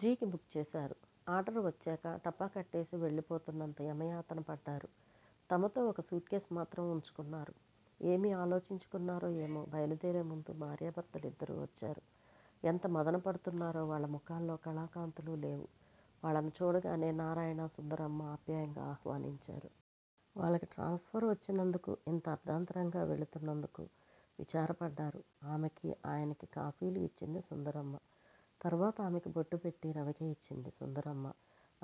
G. కి book చేశారు. Order వచ్చేక టపా కట్టేసి వెళ్ళిపోతున్నంత యమయాతన పడ్డారు! తమతో ఒక సూట్ కేస్ మాత్రం వుంచుకున్నారు. ఏమి ఆలోచించుకున్నారో ఏమో బయలుదేరేముందు భార్యా భర్తలు ఇద్దరూ వచ్చారు. ఎంత మధన పడుతున్నారో వాళ్ళ ముఖాల్లో కళాకాంతులు లేవు. వాళ్ళని చూడగానే నారాయణ, సుందరమ్మా ఆప్యాయంగా ఆహ్వానించారు. వాళ్ళకి ట్రాన్స్ ఫర్ వచ్చినందుకు యింత అర్దాంతరంగా వెళ్తున్నందుకు, విచారపడ్డారు ఆమెకి ఆయనకి కాఫీలు ఇచ్చింది సుందరమ్మ. తర్వాత ఆమెకి బొట్టుపెట్టి రవిక ఇచ్చింది సుందరమ్మ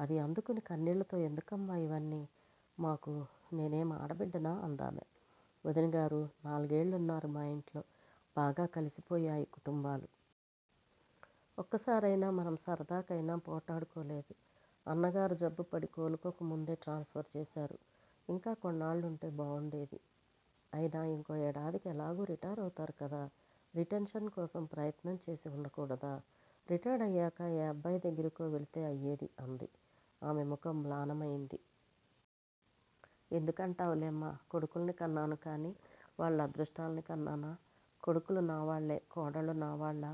అది అందుకుని కన్నీళ్ళతో ఎందుకమ్మా ఇవన్ని మాకు నేనేం ఆడబిడ్డనా? అందామె. వదినగారూ? నాలుగేళ్ళున్నారు మా ఇంట్లో! బాగా కలిసిపోయాయి కుటుంబాలు! ఒక్కసారయినా మనం సరదాకయినా పోట్టాడుకోలేదు. అన్నగారు జబ్బుపడి కోలులోకముందే ట్రాన్స్ ఫర్ చేశారు. ఇంకా కొన్నాళ్ళుంటే బావుండేది. అయినా ఇంకో ఏడాదికి ఎలాగూ రిటైరవుతారు కదా రిటెన్షన్ కోసం ప్రయత్నంచేసి వుండకూడదా? రిటైర్ అయ్యాక ఏ అబ్బాయి దగ్గరికో వెళ్ళితే అయ్యేది! అంది. ఆమె ముఖం మ్లానమైంది. ఎందుకంటావులేమ్మా? కొడుకుల్ని కన్నాను కానీ వాళ్ళ అదృష్టాల్ని కన్నానా? కొడుకులు నా వాళ్ళే కోడళ్ళు నా వాళ్ళా?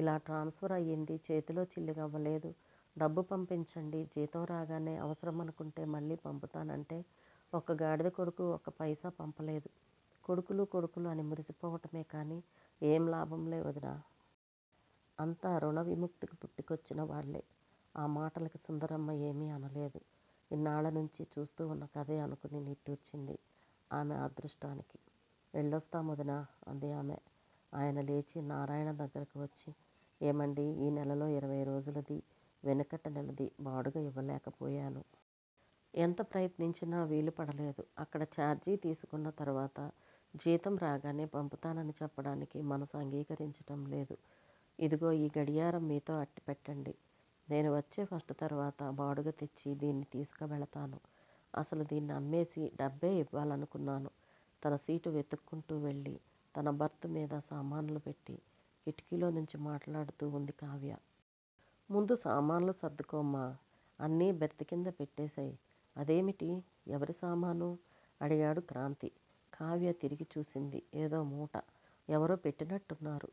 ఇలా ట్రాన్స్ ఫర్ అయింది చేతిలో చిల్లిగవ్వ లేదు డబ్బు పంపించండి. జీతం రాగానే అవసరమనుకుంటే మళ్ళీ పంపుతానంటే ఒక్కగాడిద కొడుకు ఒక్కపైసా పంపలేదు! కొడుకులు కొడుకులు అనిమురిసిపోవటమే కానీ ఏం లాభం లే వొదినా! అంతా ఋణ విముక్తికి పుట్టుకొచ్చినవాళ్ళే! ఆ మాటలకి సుందరమ్మ ఏమీ అనలేదు. ఇన్నాళ్ళ నుంచీ చూస్తూవున్న కథే అనుకుని నిట్టూర్చింది ఆమె అదృష్టానికి! వెళ్ళొస్తామొదినా! అంది ఆమె. ఆయన లేచి నారాయణ దగ్గరకు వచ్చి ఏమండీ ఈ నెలలో ఇరవైరోజులదీ, వెనుకటి నెలది బాడుగ యివ్వలేక పోయాను. ఎంత ప్రయత్నించినా వీలుపడలేదు. అక్కడ చార్జీ తీసుకున్న తర్వాత జీతం రాగానే పంపుతానని చెప్పటానికి మనసు అంగీకరించటం లేదు. ఇదిగో ఈ గడియారం మీతో అట్టిపెట్టండి. నేను వచ్చే ఫస్టు తర్వాత బాడుగతెచ్చి దీన్ని తీసుకవెళతాను. అసలు దీన్ని అమ్మేసి డబ్బే ఇవ్వాలనుకున్నాను. తన సీటు వెతుక్కుంటూ వెళ్ళి, తన 'బర్తు' మీద సామాన్లుపెట్టి, కిటికీలో నుంచి మాట్లాడుతూ వుంది కావ్య! ముందు సామాన్లు సర్దుకోమ్మా. అన్నీ బెర్తుకింద పెట్టేసేయ్! అదేమిటీ? ఎవరి సామానూ? అడిగాడు క్రాంతి. కావ్య తిరిగి చూసింది ఏదో మూట! ఎవరో పెట్టినట్టున్నారు.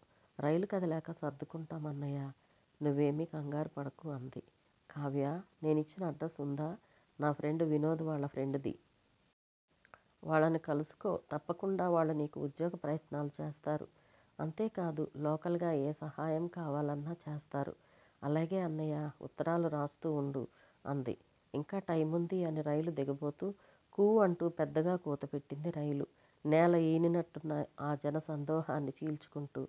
రైలు కదిలాక సర్దుకుంటాం అన్నయ్యా! నువ్వేమీ కంగారుపడకు అంది. కావ్యా! నేనిచ్చిన అడ్రసు వుందా? నా ఫ్రెండ్ వినోద్ వాళ్ళ ఫ్రెండుది! వాళ్ళని కలుసుకో! తప్పకుండా వాళ్ళు నీకు ఉద్యోగ ప్రయత్నాలు చేస్తారు. అంతేకాదు లోకల్ గా ఏ సహాయం కావాలన్నా చేస్తారు. అలాగే అన్నయ్యా! ఉత్తరాలు రాస్తూ వుండు అంది. ఇంకా టైముందీ అని రైలు దిగబోతూ. కూ అంటూ, పెద్దగా కూతపెట్టింది రైలు. నేల ఈనినట్టున్న, ఆ జన సందోహాన్ని చీల్చుకుంటు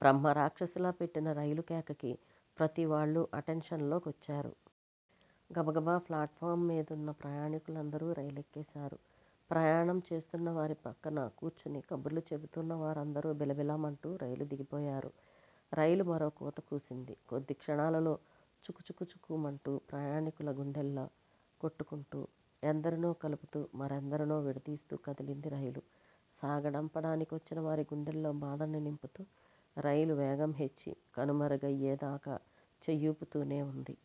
బ్రహ్మ రాక్షసిలా పెట్టిన రైలు కేకకి, ప్రతివాళ్లూ 'అటెంషన్' లో కొచ్చారు. గబగబా ప్లాట్ ఫారంమీదున్న ప్రయాణీకులందరూ రైలేక్కేశారు. ప్రయాణం చేస్తున్నవారి పక్కన కూర్చుని కబుర్లు చెబుతూన్న వారందరూ బిలబిల మంటూ రైలు దిగిపోయారు. రైలు మరో కూత కూసింది. కొద్ది క్షణాలలో చుకు చుకు చుకు మంటూ, ప్రయాణీకుల గుండెల్లా కొట్టుకుంటూ, ఎందరినో కలుపుతూ, మరెందరినో విడదీస్తూ కదిలింది రైలు, సాగనంపడానికొచ్చిన వారి గుండెల్లో బాధని నింపుతూ. రైలు వేగం హెచ్చి, కనుమరుగయ్యేదాకా, చెయ్యూపుతూనే వుంది